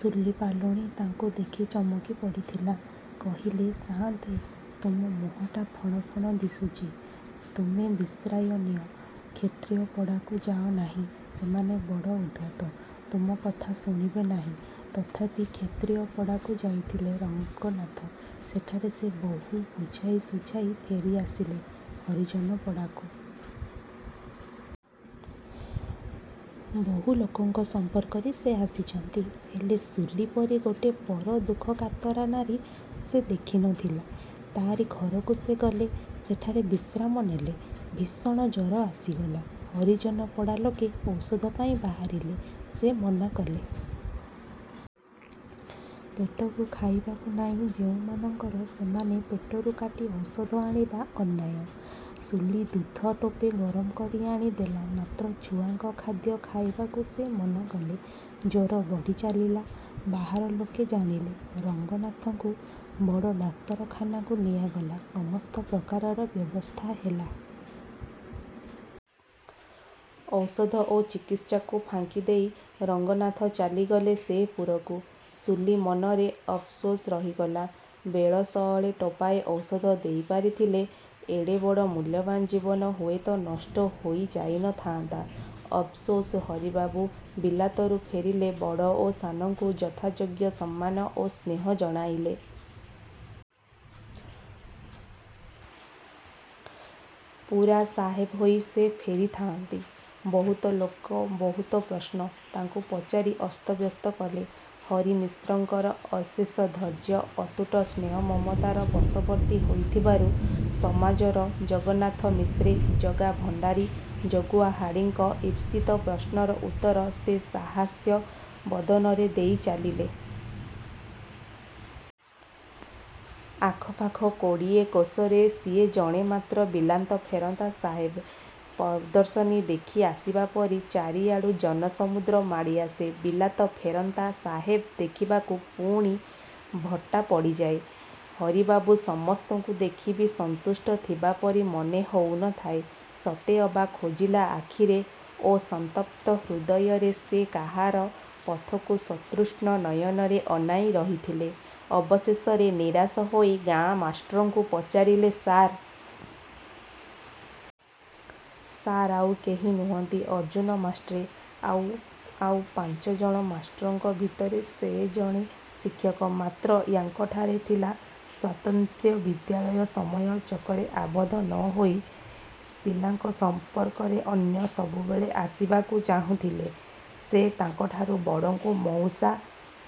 ସୁଲି ପାଲୁଣି ତାଙ୍କୁ ଦେଖି ଚମକିପଡ଼ିଥିଲା। କହିଲେ—ସାଆନ୍ତେ, ତୁମ ମୁହଁଟା ଫଣ ଫଣ ଦିଶୁଚି। ତୁମେ ବିଶ୍ରାୟ ନିଅ। କ୍ଷତ୍ରିୟ ପଡ଼ାକୁ ଯାଅ ନାହିଁ। ସେମାନେ ବଡ଼ ଉଦ୍ଧତ। ତୁମ କଥା ଶୁଣିବେ ନାହିଁ। ତଥାପି କ୍ଷତ୍ରିୟପଡ଼ାକୁ ଯାଇଥିଲେ ରଙ୍ଗନାଥ। ସେଠାରେ ସେ ବହୁ ବୁଝାଇ ସୁଝାଇ ଫେରି ଆସିଲେ ହରିଜନପଡ଼ାକୁ। ବହୁ ଲୋକଙ୍କ ସମ୍ପର୍କରେ ସେ ଆସିଛନ୍ତି, ହେଲେ ସୁଲି ପରି ଗୋଟେ ପର ଦୁଃଖକାତରା ନାରୀ। ସେ ଦେଖି ନ ଥିଲେ। ତାରି ଘରକୁ ସେ ଗଲେ। ସେଠାରେ ବିଶ୍ରାମ ନେଲେ-। ଭୀଷଣ ଜର ଆସିଗଲା। ହରିଜନପଡ଼ା ଲୋକେ ଔଷଧ ପାଇଁ ବାହାରିଲେ। ସେ ମନାକଲେ-। ପେଟକୁ ଖାଇବାକୁ ନାଇଁ ଯେଉଁମାନଙ୍କର, ସେମାନେ ପେଟରୁ କାଟି ଔଷଧ ଆଣିବା ଅନ୍ୟାୟ-। ସୁଲି ଦୁଧ ଟୋପେ ଗରମ କରି ଆଣି ଦେଲା; ମାତ୍ର ଛୁଆଙ୍କ ଖାଦ୍ୟ ଖାଇବାକୁ ସେ ମନାକଲେ-। ଜ୍ୱର ବଢ଼ିଚାଲିଲା। ବାହାର ଲୋକେ ଜାଣିଲେ। ରଙ୍ଗନାଥଙ୍କୁ ବଡ଼ ଡାକ୍ତରଖାନାକୁ ନିଆଗଲା। ସମସ୍ତ ପ୍ରକାରର ବ୍ୟବସ୍ଥା ହେଲା। ଔଷଧ ଓ ଚିକିତ୍ସାକୁ ଫାଙ୍କି ଦେଇ ରଙ୍ଗନାଥ ଚାଲିଗଲେ ସେପୁରକୁ। ସୁଲୀ ମନରେ ଅବଶୋଷ ରହିଗଲା! ବେଳ ସଅଳେ ଟୋପାଏ ଔଷଧ ଦେଇପାରିଥିଲେ ଏଡ଼େବଡ଼ ମୂଲ୍ୟବାନ ଜୀବନ ହୁଏତ ନଷ୍ଟ ହୋଇ ଯାଇ ନ ଥାଆନ୍ତା। ଅବଶୋଷ ହରିବାବୁ। ବିଲାତରୁ ଫେରିଲେ, ବଡ଼ ଓ ସାନଙ୍କୁ ଯଥାଯୋଗ୍ୟ ସମ୍ମାନ ଓ ସ୍ନେହ ଜଣାଇଲେ। ପୁରା ସାହେବ ହୋଇ ସେ ଫେରିଥାଆନ୍ତି। ବହୁତ ଲୋକ ବହୁତ ପ୍ରଶ୍ନ ତାଙ୍କୁ ପଚାରି ଅସ୍ତବ୍ୟସ୍ତ କଲେ। ହରି ମିଶ୍ରଙ୍କର ଅଶେଷ ଧୈର୍ଯ୍ୟ। ଅତୁଟ ସ୍ନେହ ମମତାର ବଶବର୍ତ୍ତୀ ହୋଇଥିବାରୁ ସମାଜର ଜଗନ୍ନାଥ ମିଶ୍ରେ, ଜଗା ଭଣ୍ତାରୀ, ଜଗୁଆ ହାଡ଼ିଙ୍କ ଇପ୍ସିତ ପ୍ରଶ୍ନର ଉତ୍ତର ସେ ସହାସ୍ୟ ବଦନରେ ଦେଇ ଚାଲିଲେ। ଆଖପାଖ କୋଡ଼ିଏ କୋଶରେ ସିଏ ଜଣେ ମାତ୍ର ବିଲାତଫେରନ୍ତା ସାହେବ। ପ୍ରଦର୍ଶନୀ ଦେଖି ଆସିବା ପରି ଚାରିଆଡ଼ୁ ଜନସମୁଦ୍ର ମାଡ଼ିଆସେ ବିଲାତଫେରନ୍ତା ସାହେବ ଦେଖିବାକୁ। ପୁଣି ଭଟ୍ଟା ପଡ଼ିଯାଏ। ହରିବାବୁ ସମସ୍ତଙ୍କୁ ଦେଖି ବି ସନ୍ତୁଷ୍ଟ ଥିବା ପରି ମନେ ହେଉ ନ ଥାଏ, ସତେ ଅବା ଖୋଜିଲା ଆଖିରେ ଓ ସନ୍ତପ୍ତ ହୃଦୟରେ ସେ କାହାର ପଥକୁ ସତୃଷ୍ଣ ନୟନରେ ଅନାଇ ରହିଥିଲେ, ଅବଶେଷରେ ନିରାଶ ହୋଇ ଗାଁ ମାଷ୍ଟ୍ରଙ୍କୁ ପଚାରିଲେ—ସାର୍? ସାର୍ ଆଉ କେହି ନୁହନ୍ତି। ଅର୍ଜୁନ ମାଷ୍ଟ୍ରେ। ଆଉ ଆଉ ପାଞ୍ଚଜଣ ମାଷ୍ଟ୍ରଙ୍କ ଭିତରେ ସେ ଜଣେ ଶିକ୍ଷକ। ମାତ୍ର ୟା'ଙ୍କଠାରେ ଥିଲା ସ୍ୱାତନ୍ତ୍ର୍ୟ। ବିଦ୍ୟାଳୟ ସମୟ-ଚକରେ ଆବଦ୍ଧ ନ ହୋଇ, ପିଲାଙ୍କ ସମ୍ପର୍କରେ ଅନ୍ୟ ସବୁବେଳେ ଆସିବାକୁ ଚାହୁଁଥିଲେ ସେ। ତାଙ୍କଠାରୁ ବଡ଼ଙ୍କୁ ମଉସା,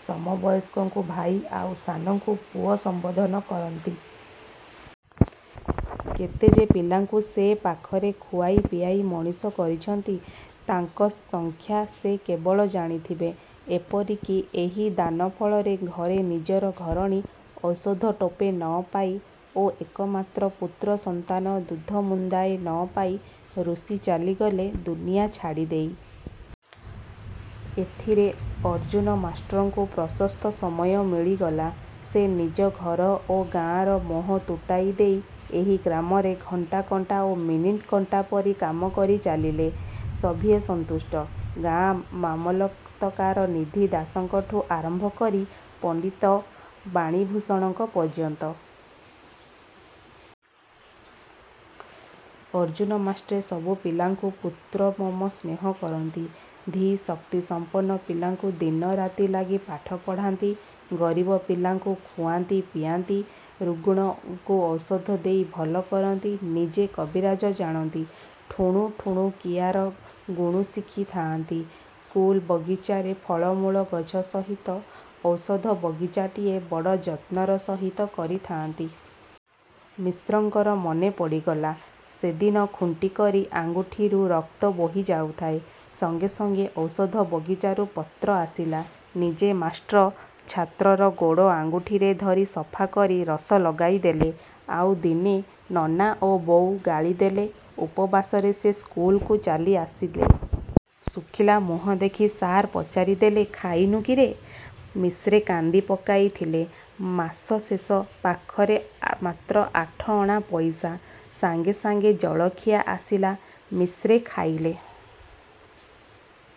ସମବୟସ୍କଙ୍କୁ ଭାଇ, ଆଉ ସାନଙ୍କୁ ପୁଅ ସମ୍ବୋଧନ କରନ୍ତି। କେତେ ଯେ ପିଲାଙ୍କୁ ସେ ପାଖରେ ଖୁଆଇ ପିଆଇ ମଣିଷ କରଚନ୍ତି, ତାର ସଂଖ୍ୟା ସେ କେବଳ ଜାଣିଥିବେ। ଏପରି କି ଏହି ଦାନ ଫଳରେ ଘରେ ନିଜର ଘରଣୀ ଔଷଧ ଟୋପେ ନ ପାଇ ଓ ଏକମାତ୍ର ପୁତ୍ର ସନ୍ତାନ ଦୁଧ ମୁନ୍ଦାଏ ନ ପାଇ ରୁଷି ଚାଲିଗଲେ ଦୁନିଆଁ ଛାଡ଼ିଦେଇ। ଏଥିରେ ଅର୍ଜ୍ଜୁନ ମାଷ୍ଟ୍ରଙ୍କୁ ପ୍ରଶସ୍ତ ସମୟ ମିଳିଗଲା। ସେ ନିଜ ଘର ଓ ଗାଁର ମୋହ ତୁଟାଇ ଦେଇ ଏହି ଗ୍ରାମରେ ଘଣ୍ଟା କଣ୍ଟା ଓ ମିନିଟ କଣ୍ଟା ପରି କାମ କରିଚାଲିଲେ। ସଭିଏ ସନ୍ତୁଷ୍ଟ—ଗାଁ ମାମଲତକାର ନିଧି ଦାସଙ୍କଠୁଁ ଆରମ୍ଭ କରି ପଣ୍ତିତ ବାଣୀ ଭୂଷଣଙ୍କ ପର୍ଯ୍ୟନ୍ତ। ଅର୍ଜ୍ଜୁନ ମାଷ୍ଟ୍ରେ ସବୁ ପିଲାଙ୍କୁ ପୁତ୍ରୋପମ ସ୍ନେହ କରନ୍ତି। ଧୀ ଶକ୍ତିସମ୍ପନ୍ନ ପିଲାଙ୍କୁ ଦିନ ରାତି ଲାଗି ପାଠ ପଢ଼ାନ୍ତି। ଗରିବ ପିଲାଙ୍କୁ ଖୁଆନ୍ତି ପିଆନ୍ତି, ରୁଗ୍ଣଙ୍କୁ ଔଷଧ ଦେଇ ଭଲ କରନ୍ତି। ନିଜେ କବିରାଜି ଜାଣନ୍ତି। ଠୁଣୁ ଠୁଣୁକିଆର ଗୁଣ ଶିଖି ଥାଆନ୍ତି। ସ୍କୁଲ ବଗିଚାରେ ଫଳମୂଳ ଗଛ ସହିତ ଔଷଧ ବଗିଚାଟିଏ ବଡ଼ ଯତ୍ନର ସହିତ କରିଥାଆନ୍ତି। ମିଶ୍ରଙ୍କର ମନେପଡ଼ିଗଲା। ସେଦିନ ଖୁଣ୍ଟିକରି ଆଙ୍ଗୁଠିରୁ ରକ୍ତ ବୋହି ଯାଉଥାଏ। ସଙ୍ଗେ ସଙ୍ଗେ ଔଷଧ ବଗିଚାରୁ ପତ୍ର ଆସିଲା। ନିଜେ ମାଷ୍ଟ୍ରେ ଛାତ୍ରର ଗୋଡ଼ ଆଙ୍ଗୁଠିଟି ଧରି ସଫା କରି ରସ ଲଗାଇଦେଲେ। ଆଉ ଦିନେ, ନନା ଓ ବୋଉ ଗାଳି ଦେଲେ। ଉପବାସରେ ସେ ସ୍କୁଲକୁ ଚାଲିଆସିଲେ। ଶୁଖିଲା ମୁହଁ ଦେଖି ସାର୍ ପଚାରିଦେଲେ—ଖାଇନୁ କିରେ? ମିଶ୍ରେ କାନ୍ଦି ପକାଇ ଥିଲେ। ମାସ ଶେଷ। ପାଖରେ ମାତ୍ର ଆଠଅଣା ପଇସା। ସାଙ୍ଗେ ସାଙ୍ଗେ ଜଳଖିଆ ଆସିଲା, ମିଶ୍ରେ ଖାଇଲେ।